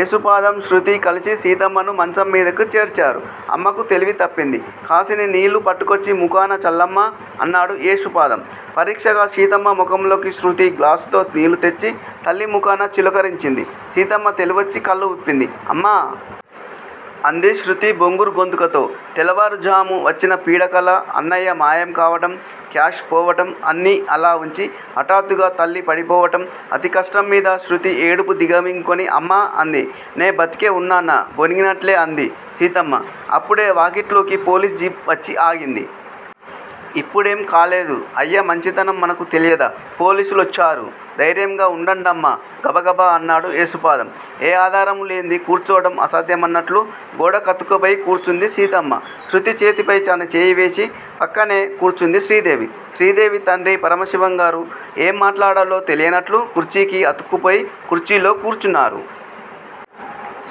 ఏసుపాదం, శృతీ కలిసి సీతమ్మని మంచం మీదకు చేర్చారు. అమ్మకి తెలివి తప్పింది. కాసిని నీళ్ళు పట్టుకొచ్చి ముఖాన చల్లమ్మా! అన్నాడు ఏసుపాదం పరీక్షగా సీతమ్మ ముఖంలోకి చూసి. శృతి గ్లాసుతో నీళ్ళు తెచ్చి తల్లి ముఖాన చిలకరించింది. సీతమ్మ తెలివొచ్చి కళ్ళు విప్పింది. అమ్మా! అంది శృతి బొంగురు గొంతుకతో. తెల్లవారుఝాము వచ్చిన పీడకల, అన్నయ్య మాయం కావటం, క్యాష్ పోవటం. అన్నీ అలావుంచి హఠాత్తుగా తల్లి పడిపోవటం అతి కష్టంమీద శృతి ఏడుపు దిగమింగుకుని అమ్మా అంది. నే బతికే ఉన్నానా? గొణిగినట్లే అంది సీతమ్మ. అప్పుడే వాకిట్లోకి పోలీసు జీపు వచ్చి ఆగింది. ఇప్పుడేం కాలేదు. అయ్య మంచితనం మనకు తెలియదా! పోలీసు లోచ్చారు. ధైర్యంగా వుండండమ్మా! గబగబ అన్నాడు ఏసుపాదం. ఏ ఆధారమూ లేంది కూర్చోటం అసాధ్యమన్నట్లు గోడకతుక్కుపోయి కూర్చుంది సీతమ్మ. శృతి చేతిపై తన చేయి వేసి పక్కనే కూర్చుంది శ్రీదేవి. శ్రీదేవి తండ్రి పరమశివంగారు ఏం మాట్లాడాలో తెలియనట్లు కుర్చీకి అతుక్కుపోయి కుర్చీలో కూర్చున్నారు.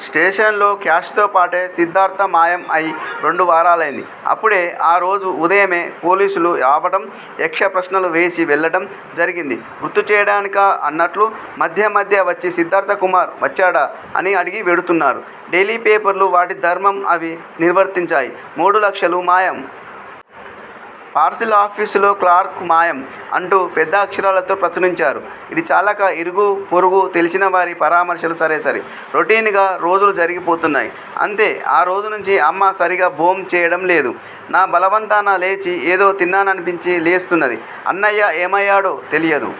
స్టేషన్ లో క్యాష్ తో పాటే సిద్దార్థ మాయం అయి రెండు వారాలయింది. అప్పుడే-ఆరోజు ఉదయమే పోలీసులు రావటం యక్ష ప్రశ్నలు వేసి వెళ్ళటం జరిగింది. గుర్తు చేయటానికా అన్నట్లు మధ్యమధ్య వచ్చి సిద్దార్థకుమార్ వచ్చాడా? అని అడిగి వెడుతున్నారు. డెయిలీ పేపర్లు వాటి ధర్మం అవి నిర్వర్తించాయి మూడు లక్షలు మాయం! పార్సిల్ ఆఫీసులో క్లార్క్ మాయం! అంటూ పెద్ద అక్షరాలతో ప్రచురించారు. ఇది చాలక ఇరుగూ పొరుగూ తెలిసినవారి పరామర్శలు సరేసరి. రొటీన్ గా రోజులు జరిగి పోతున్నాయి అంతే. ఆ రోజునుంచి అమ్మ సరిగా భోంచేయటంలేదు. నా బలవంతాన లేచి ఏదో తిన్నాననిపించి లేస్తున్నది. అన్నయ్య ఏమయ్యాడో తెలియదు.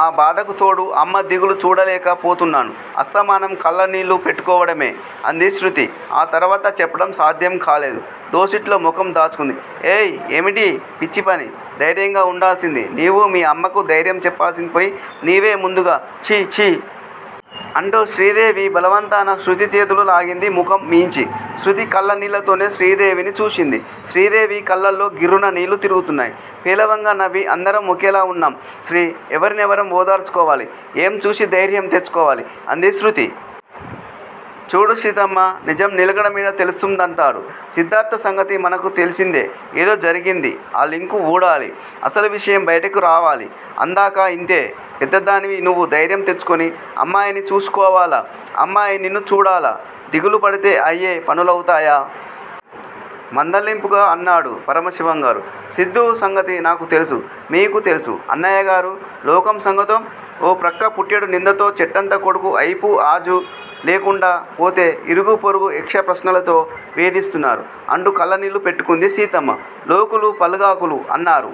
ఆ బాధకు తోడు అమ్మ దిగులు చూడలేక పోతున్నాను. అస్తమానం కళ్ళ నీళ్ళు పెట్టుకోవడమే. అంది శృతి. ఆ తర్వాత చెప్పటం సాధ్యం కాలేదు. దోసిట్లో ముఖం దాచుకుంది. ఏయ్, ఏమిటీ పిచ్చిపని! ధైర్యంగా వుండాల్సింది నీవు. మీ అమ్మకి దైర్యం చెప్పాల్సిందిపోయి నీవే ముందుగా ఛీ ఛీ. అంటూ శ్రీదేవి బలవంతాన శృతి చేతులు లాగింది ముఖం మీంచి. శృతి కళ్ళ నీళ్ళతోనే శ్రీదేవిని చూసింది. శ్రీదేవి కళ్ళలో గిర్రున నీళ్ళు తిరుగుతున్నాయి. పేలవంగా నవ్వి అందరం ఒకేలా వున్నాం శ్రీ! ఎవరి నెవరం ఓదార్చు కోవాలి! ఏం చూసి ధైర్యం తెచ్చుకోవాలి? అంది శృతి. చూడు సీతమ్మా! నిజం నిలకడ మీద తెలుస్తుందంటారు. సిద్దార్థ సంగతి మనకు తెలిసిందే. ఏదో జరిగింది. ఆ లింకు వూడాలి. అసలు విషయం బైటకు రావాలి. అందాకా ఇంతే. పెద్దదానివి నువ్వు దైర్యం తెచ్చుకుని అమ్మాయిని చూసుకోవాలా, అమ్మాయి నిన్ను చూడాలా? దిగులు పడితే అయ్యే పనులవుతాయా? మందలింపుగా అన్నాడు పరమశివంగారు. సిద్దూ సంగతి నాకు తెలుసు. మీకు తెలుసు అన్నయ్యగారూ! లోకం సంగతో? ఓ ప్రక్క పుట్టెడు నిందతో చెట్టంత కొడుకు అయిపూ అజా లేకుండా పోతే ఇరుగూ పొరుగూ యక్ష ప్రశ్నలతో వేధిస్తున్నారు. అంటూ కళ్ళనీళ్ళు పెట్టుకుంది సీతమ్మ. లోకులు పలుగాకులు అన్నారు.